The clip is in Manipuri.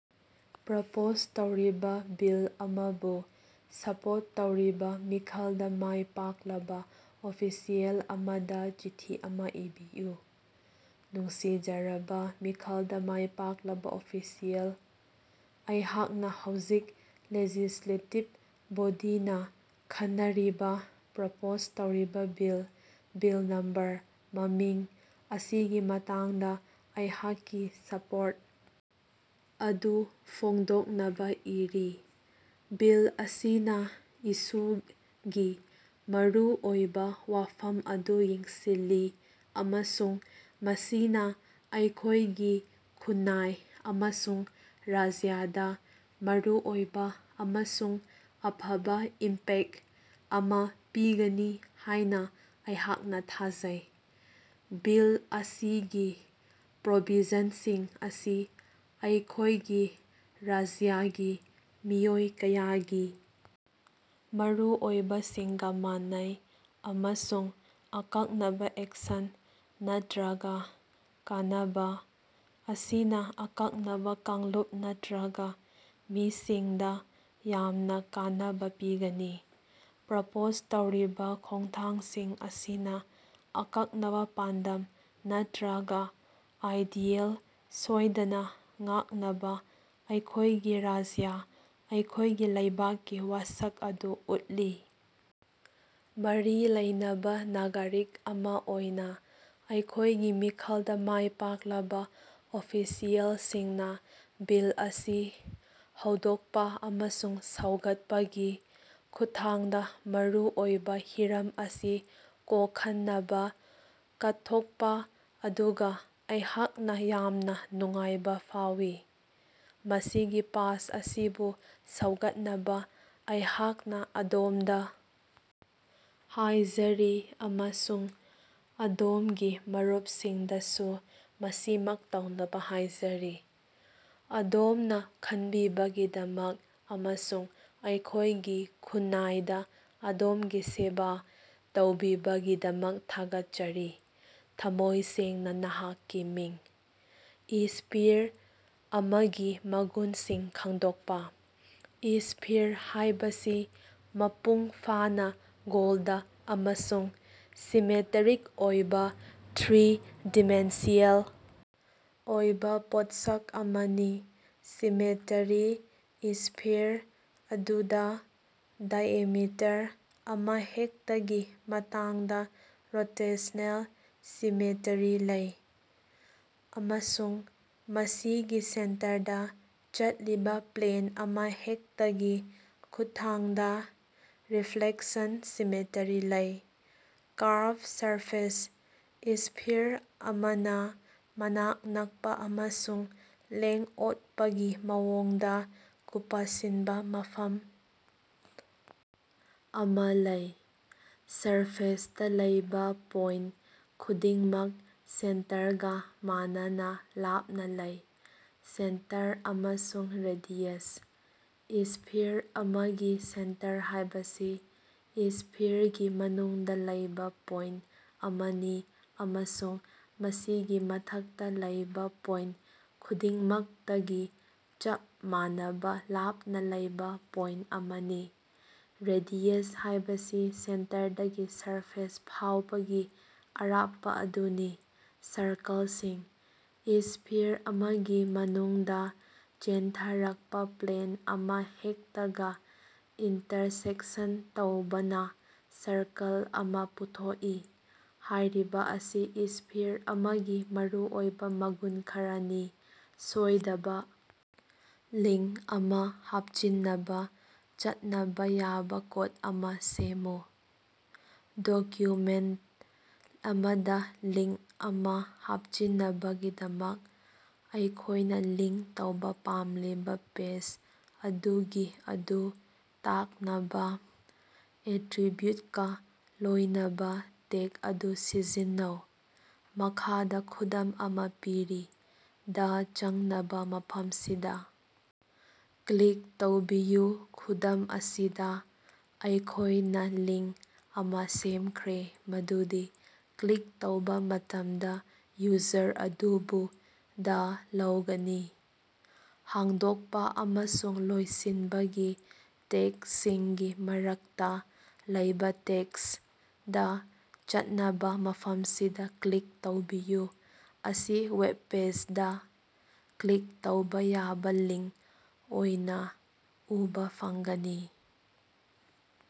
ꯄ꯭ꯔꯄꯣꯖ ꯇꯧꯔꯤꯕ ꯕꯤꯜ ꯑꯃꯕꯨ ꯁꯄꯣꯔꯠ ꯇꯧꯔꯤꯕ ꯃꯤꯈꯜꯗ ꯃꯥꯏ ꯄꯥꯛꯂꯕ ꯑꯣꯐꯤꯁꯤꯑꯦꯜ ꯑꯃꯗ ꯆꯤꯊꯤ ꯑꯃ ꯏꯕꯤꯌꯨ꯫ ꯅꯨꯡꯁꯤꯖꯔꯕ [ꯃꯤꯈꯜꯗ ꯃꯥꯏ ꯄꯥꯛꯂꯕ ꯑꯣꯐꯤꯁꯤꯑꯦꯜ], ꯑꯩꯍꯥꯛꯅ ꯍꯧꯖꯤꯛ [ꯂꯦꯖꯤꯁ꯭ꯂꯦꯇꯤꯕ ꯕꯣꯗꯤ]ꯅ ꯈꯟꯅꯔꯤꯕ ꯄ꯭ꯔꯄꯣꯖ ꯇꯧꯔꯤꯕ ꯕꯤꯜ [ꯕꯤꯜ ꯅꯝꯕꯔ/ꯃꯃꯤꯡ] ꯑꯁꯤꯒꯤ ꯃꯇꯥꯡꯗ ꯑꯩꯍꯥꯛꯀꯤ ꯁꯄꯣꯔꯠ ꯑꯗꯨ ꯐꯣꯡꯗꯣꯛꯅꯕ ꯏꯔꯤ꯫ ꯕꯤꯜ ꯑꯁꯤꯅ [ꯏꯁꯨ]ꯒꯤ ꯃꯔꯨꯑꯣꯏꯕ ꯋꯥꯐꯝ ꯑꯗꯨ ꯌꯦꯡꯁꯤꯜꯂꯤ, ꯑꯃꯁꯨꯡ ꯃꯁꯤꯅ ꯑꯩꯈꯣꯏꯒꯤ ꯈꯨꯟꯅꯥꯏ ꯑꯃꯁꯨꯡ ꯔꯥꯖ꯭ꯌꯗ ꯃꯔꯨꯑꯣꯏꯕ ꯑꯃꯁꯨꯡ ꯑꯐꯕ ꯏꯝꯄꯦꯛꯇ ꯑꯃ ꯄꯤꯒꯅꯤ ꯍꯥꯏꯅ ꯑꯩꯍꯥꯛꯅ ꯊꯥꯖꯩ꯫ ꯕꯤꯜ ꯑꯁꯤꯒꯤ ꯄ꯭ꯔꯣꯕꯤꯖꯟꯁꯤꯡ ꯑꯁꯤ ꯑꯩꯈꯣꯏꯒꯤ ꯔꯥꯖ꯭ꯌꯒꯤ ꯃꯤꯑꯣꯏ ꯀꯌꯥꯒꯤ ꯃꯔꯨꯑꯣꯏꯕꯁꯤꯡꯒ ꯃꯥꯟꯅꯩ, ꯑꯃꯁꯨꯡ [ꯑꯀꯛꯅꯕ ꯑꯦꯛꯁꯟ ꯅꯠꯇ꯭ꯔꯒꯥ ꯀꯥꯟꯅꯕ] ꯑꯁꯤꯅ ꯑꯀꯛꯅꯕ ꯀꯥꯡꯂꯨꯞ ꯅꯠꯇ꯭ꯔꯒꯥ ꯃꯤꯁꯤꯡ ꯗ ꯌꯥꯝꯅ ꯀꯥꯟꯅꯕ ꯄꯤꯒꯅꯤ꯫ ꯄ꯭ꯔꯄꯣꯖ ꯇꯧꯔꯤꯕ ꯈꯣꯡꯊꯥꯡꯁꯤꯡ ꯑꯁꯤꯅ ꯑꯀꯛꯅꯕ ꯄꯥꯟꯗꯝ ꯅꯠꯇ꯭ꯔꯒꯥ ꯑꯥꯏꯗꯤꯌꯦꯜ ꯁꯣꯏꯗꯅ ꯉꯥꯛꯅꯕ ꯑꯩꯈꯣꯏꯒꯤ ꯔꯥꯖ꯭ꯌ ꯑꯩꯈꯣꯏꯒꯤ ꯂꯩꯕꯥꯛꯀꯤ ꯋꯥꯁꯛ ꯑꯗꯨ ꯎꯠꯂꯤ꯫ ꯃꯔꯤ ꯂꯩꯅꯕ ꯅꯥꯒꯔꯤꯛ ꯑꯃ ꯑꯣꯏꯅ ꯑꯩꯈꯣꯏꯒꯤ ꯃꯤꯈꯜꯗ ꯃꯥꯏ ꯄꯥꯛꯂꯕ ꯑꯣꯐꯤꯁꯤꯑꯦꯜꯁꯤꯡꯅ ꯕꯤꯜ ꯑꯁꯤ ꯍꯧꯗꯣꯛꯄ ꯑꯃꯁꯨꯡ ꯁꯧꯒꯠꯄꯒꯤ ꯈꯨꯠꯊꯥꯡꯗ ꯃꯔꯨ ꯑꯣꯏꯕ ꯍꯤꯔꯝ ꯑꯁꯤ ꯀꯣꯈꯟꯅꯕ ꯀꯠꯊꯣꯛꯄ ꯑꯗꯨꯒ ꯑꯩꯍꯥꯛꯅ ꯌꯥꯝꯅ ꯅꯨꯡꯉꯥꯏꯕ ꯐꯥꯎꯏ꯫ ꯃꯁꯤꯒꯤ ꯄꯥꯁ ꯑꯁꯤꯕꯨ ꯁꯧꯒꯠꯅꯕ ꯑꯩꯍꯥꯛꯅ ꯑꯗꯣꯝꯗ ꯍꯥꯏꯖꯔꯤ ꯑꯃꯁꯨꯡ ꯑꯗꯣꯝꯒꯤ ꯃꯔꯨꯞꯁꯤꯡꯗꯁꯨ ꯃꯁꯤꯃꯛ ꯇꯧꯅꯕ ꯍꯥꯏꯖꯔꯤ꯫ ꯑꯗꯣꯝꯅ ꯈꯟꯕꯤꯕꯒꯤꯗꯃꯛ ꯑꯃꯁꯨꯡ ꯑꯩꯈꯣꯏꯒꯤ ꯈꯨꯟꯅꯥꯏꯗ ꯑꯗꯣꯝꯒꯤ ꯁꯦꯕ ꯇꯧꯕꯤꯕꯒꯤꯗꯃꯛ ꯊꯥꯒꯠꯆꯔꯤ꯫ ꯊꯃꯣꯏ ꯁꯦꯡꯅ, ꯅꯍꯥꯛꯀꯤ ꯃꯤꯡ꯫ ꯏꯁꯄꯤꯔ ꯑꯃꯒꯤ ꯃꯒꯨꯟꯁꯤꯡ ꯈꯪꯗꯣꯛꯄ꯫ ꯏꯁ꯭ꯐꯤꯔ ꯍꯥꯏꯕꯁꯤ ꯃꯄꯨꯡ ꯐꯥꯅ ꯒꯣꯜꯗ ꯑꯃꯁꯨꯡ ꯁꯤꯃꯦꯇꯔꯤꯛ ꯑꯣꯏꯕ ꯊ꯭ꯔꯤ-ꯗꯤꯃꯦꯟꯁꯤꯌꯦꯜ ꯑꯣꯏꯕ ꯄꯣꯠꯁꯛ ꯑꯃꯅꯤ꯫ ꯁꯤꯃꯦꯇꯔꯤ: ꯏꯁ꯭ꯐꯤꯔ ꯑꯗꯨꯗ ꯗꯥꯏꯑꯦꯃꯤꯇꯔ ꯑꯃꯍꯦꯛꯇꯒꯤ ꯃꯇꯥꯡꯗ ꯔꯣꯇꯦꯁꯅꯦꯜ ꯁꯤꯃꯦꯇꯔꯤ ꯂꯩ, ꯑꯃꯁꯨꯡ ꯃꯁꯤꯒꯤ ꯁꯦꯟꯇꯔꯗ ꯆꯠꯂꯤꯕ ꯄ꯭ꯂꯦꯟ ꯑꯃꯍꯦꯛꯇꯒꯤ ꯈꯨꯠꯊꯥꯡꯗ ꯔꯤꯐ꯭ꯂꯦꯛꯁꯟ ꯁꯤꯃꯦꯇꯔꯤ ꯂꯩ꯫ ꯀꯥꯔꯚ ꯁꯔꯐꯦꯁ: ꯏꯁ꯭ꯐꯤꯔ ꯑꯃꯅ ꯃꯅꯥꯛ ꯅꯛꯄ ꯑꯃꯁꯨꯡ ꯂꯦꯡ-ꯑꯣꯠꯄꯒꯤ ꯃꯑꯣꯡꯗ ꯀꯨꯄꯁꯤꯟꯕ ꯃꯐꯝ ꯑꯃ ꯂꯩ꯫ ꯁꯔꯐꯦꯁꯇ ꯂꯩꯕ ꯄꯣꯏꯟꯇ ꯈꯨꯗꯤꯡꯃꯛ ꯁꯦꯟꯇꯔꯒ ꯃꯥꯟꯅꯅ ꯂꯥꯞꯅ ꯂꯩ꯫ ꯁꯦꯟꯇꯔ ꯑꯃꯁꯨꯡ ꯔꯦꯗꯤꯌꯁ: ꯏꯁ꯭ꯐꯤꯔ ꯑꯃꯒꯤ ꯁꯦꯟꯇꯔ ꯍꯥꯏꯕꯁꯤ ꯏꯁ꯭ꯐꯤꯔꯒꯤ ꯃꯅꯨꯡꯗ ꯂꯩꯕ ꯄꯣꯏꯟꯇ ꯑꯃꯅꯤ ꯑꯃꯁꯨꯡ ꯃꯁꯤꯒꯤ ꯃꯊꯛꯇ ꯂꯩꯕ ꯄꯣꯏꯟꯇ ꯈꯨꯗꯤꯡꯃꯛꯇꯒꯤ ꯆꯞ ꯃꯥꯟꯅꯕ ꯂꯥꯞꯅ ꯂꯩꯕ ꯄꯣꯏꯟꯇ ꯑꯃꯅꯤ꯫ ꯔꯦꯗꯤꯌꯁ ꯍꯥꯏꯕꯁꯤ ꯁꯦꯟꯇꯔꯗꯒꯤ ꯁꯔꯐꯦꯁ ꯐꯥꯎꯕꯒꯤ ꯑꯔꯥꯞꯄ ꯑꯗꯨꯅꯤ꯫ ꯁꯔꯀꯜꯁꯤꯡ: ꯏꯁ꯭ꯐꯤꯔ ꯑꯃꯒꯤ ꯃꯅꯨꯡꯗ ꯆꯦꯟꯊꯔꯛꯄ ꯄ꯭ꯂꯦꯟ ꯑꯃꯍꯦꯛꯇꯒ ꯏꯟꯇꯔꯁꯦꯛꯁꯟ ꯇꯧꯕꯅ ꯁꯔꯀꯜ ꯑꯃꯥ ꯄꯨꯊꯣꯛꯏ꯫ ꯍꯥꯏꯔꯤꯕ ꯑꯁꯤ ꯏꯁ꯭ꯐꯤꯔ ꯑꯃꯒꯤ ꯃꯔꯨꯑꯣꯏꯕ ꯃꯒꯨꯟ ꯈꯔꯅꯤ꯫ ꯁꯣꯏꯗꯕ! ꯂꯤꯡꯛ ꯑꯃ ꯍꯥꯞꯆꯤꯟꯅꯕ ꯆꯠꯅꯕ ꯌꯥꯕ ꯀꯣꯗ ꯑꯃ ꯁꯦꯝꯃꯨ꯫ ꯗꯣꯀ꯭ꯌꯨꯃꯦꯟꯇ ꯑꯃꯗ ꯂꯤꯡꯛ ꯑꯃ ꯍꯥꯞꯆꯤꯟꯅꯕꯒꯤꯗꯃꯛ, ꯑꯩꯈꯣꯏꯅ ꯂꯤꯡꯛ ꯇꯧꯕ ꯄꯥꯝꯂꯤꯕ ꯄꯦꯖ ꯑꯗꯨꯒꯤ ꯑꯗꯨ ꯇꯥꯛꯅꯕ ꯑꯦꯇ꯭ꯔꯤꯕꯤꯎꯇꯀ ꯂꯣꯏꯅꯕ ꯇꯦꯒ ꯑꯗꯨ ꯁꯤꯖꯤꯟꯅꯩ꯫ ꯃꯈꯥꯗ ꯈꯨꯗꯝ ꯑꯃ ꯄꯤꯔꯤ. ꯗꯥ ꯆꯪꯅꯕ ꯃꯐꯝꯁꯤꯗꯥ ꯀ꯭ꯂꯤꯛ ꯇꯧꯕꯤꯌꯨ ꯈꯨꯗꯝ ꯑꯁꯤꯗ, ꯑꯩꯈꯣꯏꯅ ꯂꯤꯡꯛ ꯑꯃ ꯁꯦꯝꯈ꯭ꯔꯦ ꯃꯗꯨꯗꯤ, ꯀ꯭ꯂꯤꯛ ꯇꯧꯕ ꯃꯇꯝꯗ, ꯌꯨꯖꯔ ꯑꯗꯨꯕꯨ ꯗ ꯂꯧꯒꯅꯤ꯫ ꯍꯥꯡꯗꯣꯛꯄ ꯑꯃꯁꯨꯡ ꯂꯣꯏꯁꯤꯟꯕꯒꯤ ꯇꯦꯒꯁꯤꯡꯒꯤ ꯃꯔꯛꯇ ꯂꯩꯕ ꯇꯦꯛꯁ (" ꯗ ꯆꯠꯅꯕ ꯃꯐꯝꯁꯤꯗ ꯀ꯭ꯂꯤꯛ ꯇꯧꯕꯤꯌꯨ") ꯑꯁꯤ ꯋꯦꯕꯄꯦꯖꯗ ꯀ꯭ꯂꯤꯛ ꯇꯧꯕ ꯌꯥꯕ ꯂꯤꯡꯛ ꯑꯣꯏꯅ ꯎꯕ ꯐꯪꯒꯅꯤ꯫